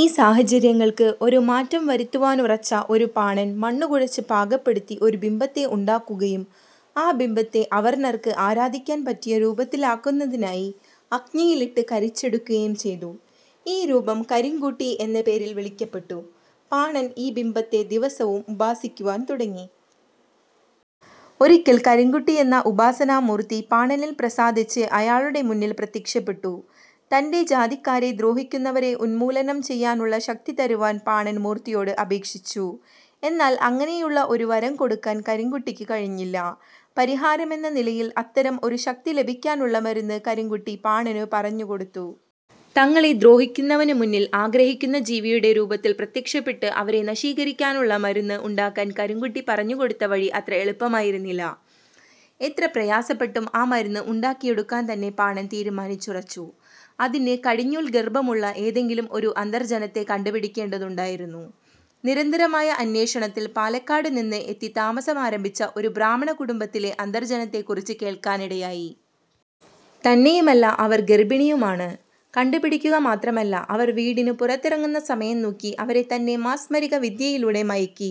ഈ സാഹചര്യങ്ങൾക്ക് ഒരു മാറ്റം വരുത്തുവാനുറച്ച ഒരു പാണൻ മണ്ണു കുഴച്ചു പാകപ്പെടുത്തി ഒരു ബിംബത്തെ ഉണ്ടാക്കുകയും ആ ബിംബത്തെ അവർണ്ണർക്ക് ആരാധിക്കാൻ പറ്റിയ രൂപത്തിലാക്കുന്നതിനായി അഗ്നിയിലിട്ട് കരിച്ചെടുക്കുകയും ചെയ്തു. ഈ രൂപം കരിങ്കുട്ടി എന്ന പേരിൽ വിളിക്കപ്പെട്ടു. പാണൻ ഈ ബിംബത്തെ ദിവസവും ഉപാസിക്കുവാൻ തുടങ്ങി. ഒരിക്കൽ കരിങ്കുട്ടിയെന്ന ഉപാസനാമൂർത്തി പാണനിൽ പ്രസാദിച്ച് അയാളുടെ മുന്നിൽ പ്രത്യക്ഷപ്പെട്ടു. തന്റെ ജാതിക്കാരെ ദ്രോഹിക്കുന്നവരെ ഉന്മൂലനം ചെയ്യാനുള്ള ശക്തി തരുവാൻ പാണൻ മൂർത്തിയോട് അപേക്ഷിച്ചു. എന്നാൽ അങ്ങനെയുള്ള ഒരു വരം കൊടുക്കാൻ കരിങ്കുട്ടിക്കു കഴിഞ്ഞില്ല. പരിഹാരമെന്ന നിലയിൽ അത്തരം ഒരു ശക്തി ലഭിക്കാനുളള മരുന്ന് കരിങ്കുട്ടി പാണനു പറഞ്ഞു കൊടുത്തു. തങ്ങളെ ദ്രോഹിക്കുന്നവനു മുന്നിൽ ആഗ്രഹിക്കുന്ന ജീവിയുടെ രൂപത്തിൽ പ്രത്യക്ഷപ്പെട്ട് അവരെ നശീകരിക്കാനുള്ള മരുന്ന് ഉണ്ടാക്കാൻ കരിങ്കുട്ടി പറഞ്ഞുകൊടുത്ത വഴി അത്ര എളുപ്പമായിരുന്നില്ല. എത്ര പ്രയാസപ്പെട്ടും ആ മരുന്ന് ഉണ്ടാക്കിയെടുക്കാൻതന്നെ പാണൻ തീരുമാനിച്ചുറച്ചു. അതിന് കടിഞ്ഞൂൽ ഗർഭമുള്ള ഏതെങ്കിലും ഒരു അന്തർജനത്തെ കണ്ടു പിടിക്കേണ്ടതുണ്ടായിരുന്നു. നിരന്തരമായ അന്വേഷണത്തിൽ പാലക്കാടു നിന്ന് എത്തി താമസമാരംഭിച്ച ഒരു ബ്രാഹ്മണ കുടുംബത്തിലെ അന്തർജ്ജനത്തെക്കുറിച്ചു കേൾക്കാനിടയായി. തന്നെയുമല്ല അവർ ഗർഭിണിയുമാണ്. കണ്ടുപിടിക്കുക മാത്രമല്ല അവർ വീടിനു പുറത്തിറങ്ങുന്ന സമയം നോക്കി അവരെ തന്റെ മാസ്മരിക വിദ്യയിലൂടെ മയക്കി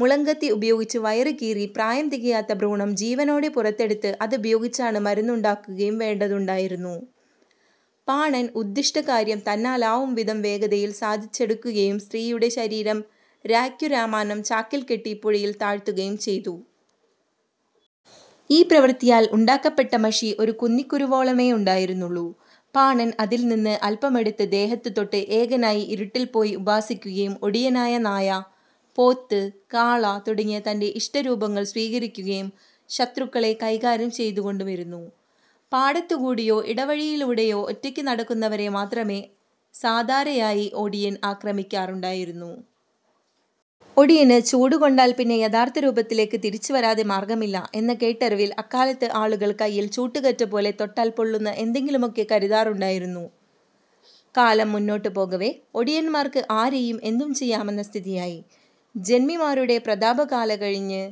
മുളങ്കത്തി ഉപയോഗിച്ചു വയറു കീറി പ്രായം തികയാത്ത ഭ്രൂണം ജീവനോടെ പുറത്തെടുത്ത് അതുപയോഗിച്ചാണ് മരുന്നുണ്ടാക്കുയും വേണ്ടതുണ്ടായിരുന്നു. പാണൻ ഉദ്ദിഷ്ടകാര്യം തന്നാലാവും വിധം വേഗതയിൽ സാധിച്ചെടുക്കുകയും സ്ത്രീയുടെ ശരീരം രായ്ക്കു രാമാനം ചാക്കിൽ കെട്ടി പുഴയിൽ താഴ്ത്തുകയും ചെയ്തു. ഈ പ്രവൃത്തിയാൽ ഉണ്ടാക്കപ്പെട്ട മഷി ഒരു കുന്നിക്കുരുവോളമേയുണ്ടായിരുന്നുള്ളൂ. പാണൻ അതിൽനിന്ന് അൽപ്പം എടുത്തു ദേഹത്ത് തൊട്ട്, ഏകനായി ഇരുട്ടിൽ പോയി ഉപാസിക്കുകയും ഒടിയനായി നായ, പോത്ത്, കാള തുടങ്ങിയ തന്റെ ഇഷ്ടരൂപങ്ങൾ സ്വീകരിക്കുകയും ശത്രുക്കളെ കൈകാര്യം ചെയ്തുകൊണ്ടുമിരുന്നു. പാടത്ത് കൂടിയോ, ഇടവഴിയിലൂടെയോ ഒറ്റയ്ക്ക് നടക്കുന്നവരെ മാത്രമേ സാധാരയായി ഒടിയൻ ആക്രമിക്കാറുണ്ടായിരുന്നു. ഒടിയനു ചൂട് കൊണ്ടാൽപ്പിന്നെ യഥാർത്ഥ രൂപത്തിലേക്ക് തിരിച്ചു വരാതെ മാർഗ്ഗമില്ല എന്ന കേട്ടറിവിൽ അക്കാലത്ത് ആളുകൾ കൈയിൽ ചൂട്ടുകറ്റ പോലെ തൊട്ടാൽ പൊള്ളുന്ന എന്തെങ്കിലുമൊക്കെ കരുതാറുണ്ടായിരുന്നു. കാലം മുന്നോട്ടു പോകവേ ഒടിന്മാർക്ക് ആരെയും എന്തും ചെയ്യാമെന്ന സ്ഥിതിയായി. ജന്മിമാരുടെ പ്രതാപ കാലം കഴിഞ്ഞ്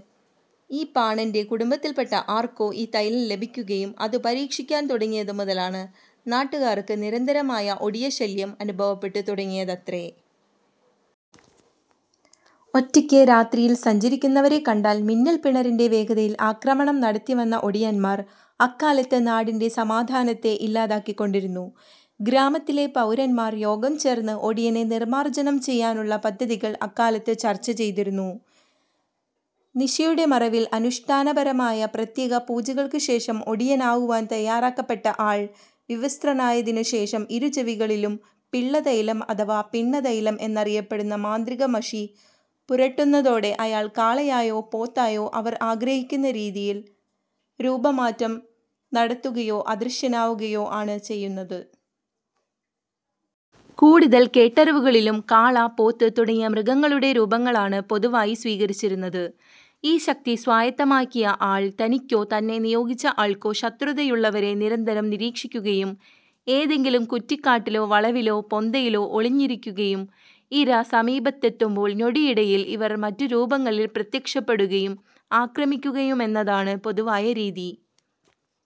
ഈ പാണന്റെ കുടുംബത്തിൽപ്പെട്ട ആർക്കോ ഈ തൈലം ലഭിക്കുകയും അതു പരീക്ഷിക്കാൻ തുടങ്ങിയതും മുതലാണ് നാട്ടുകാർക്ക് നിരന്തരമായ 'ഒടിയ ശല്യം' അനുഭവപ്പെട്ടു തുടങ്ങിയതത്രേ. ഒറ്റയ്ക്ക് രാത്രിയിൽ സഞ്ചരിക്കുന്നവരെ കണ്ടാൽ മിന്നൽപ്പിണരിൻറെ വേഗതയിൽ ആക്രമണം നടത്തിവന്ന ഒടിയൻമാർ അക്കാലത്ത് നാടിൻറെ സമാധാനത്തെ ഇല്ലാതാക്കി കൊണ്ടിരുന്നു. ഗ്രാമത്തിലെ പൌരന്മാർ യോഗം ചേർന്ന് ഒടിയനെ നിർമ്മാർജ്ജനം ചെയ്യാനുള്ള പദ്ധതികൾ അക്കാലത്തു ചർച്ച ചെയ്തിരുന്നു. നിശയുടെ മറവിൽ, അനുഷ്ഠാനപരമായ പ്രത്യേക പൂജകൾക്കു ശേഷം ഒടിയനാകുവാൻ തയ്യാറാക്കപ്പെട്ട ആൾ വിവസ്ത്രനായതിനു ശേഷം ഇരു ചെവികളിലും പിള്ള തൈലം അഥവാ പിണ്ണതൈലം എന്നറിയപ്പെടുന്ന മാന്ത്രിക മഷി പുരട്ടുന്നതോടെ അയാൾ കാളയായോ പോത്തായോ അവർ ആഗ്രഹിക്കുന്ന രീതിയിൽ രൂപം മാറ്റം നടത്തുകയോ അദൃശ്യനാകുകയോ ആണ് ചെയ്യുന്നത്. കൂടുതൽ കേട്ടറിവുകളിലും കാള, പോത്ത് തുടങ്ങിയ മൃഗങ്ങളുടെ രൂപങ്ങളാണ് പൊതുവായി സ്വീകരിച്ചിരുന്നത്. ഈ ശക്തി സ്വായത്തമാക്കിയ ആൾ തനിക്കോ തന്നെ നിയോഗിച്ച ആൾക്കോ ശത്രുതയുള്ളവരെ നിരന്തരം നിരീക്ഷിക്കുകയും ഏതെങ്കിലും കുറ്റിക്കാട്ടിലോ വളവിലോ പൊന്തയിലോ ഒളിഞ്ഞിരിക്കുകയും ഇര സമീപത്തെത്തുമ്പോൾ നൊടിയിടയിൽ ഇവർ മറ്റുരൂപങ്ങളിൽ പ്രത്യക്ഷപ്പെടുകയും ആക്രമിക്കുകയുമെന്നതാണ് പൊതുവായ രീതി.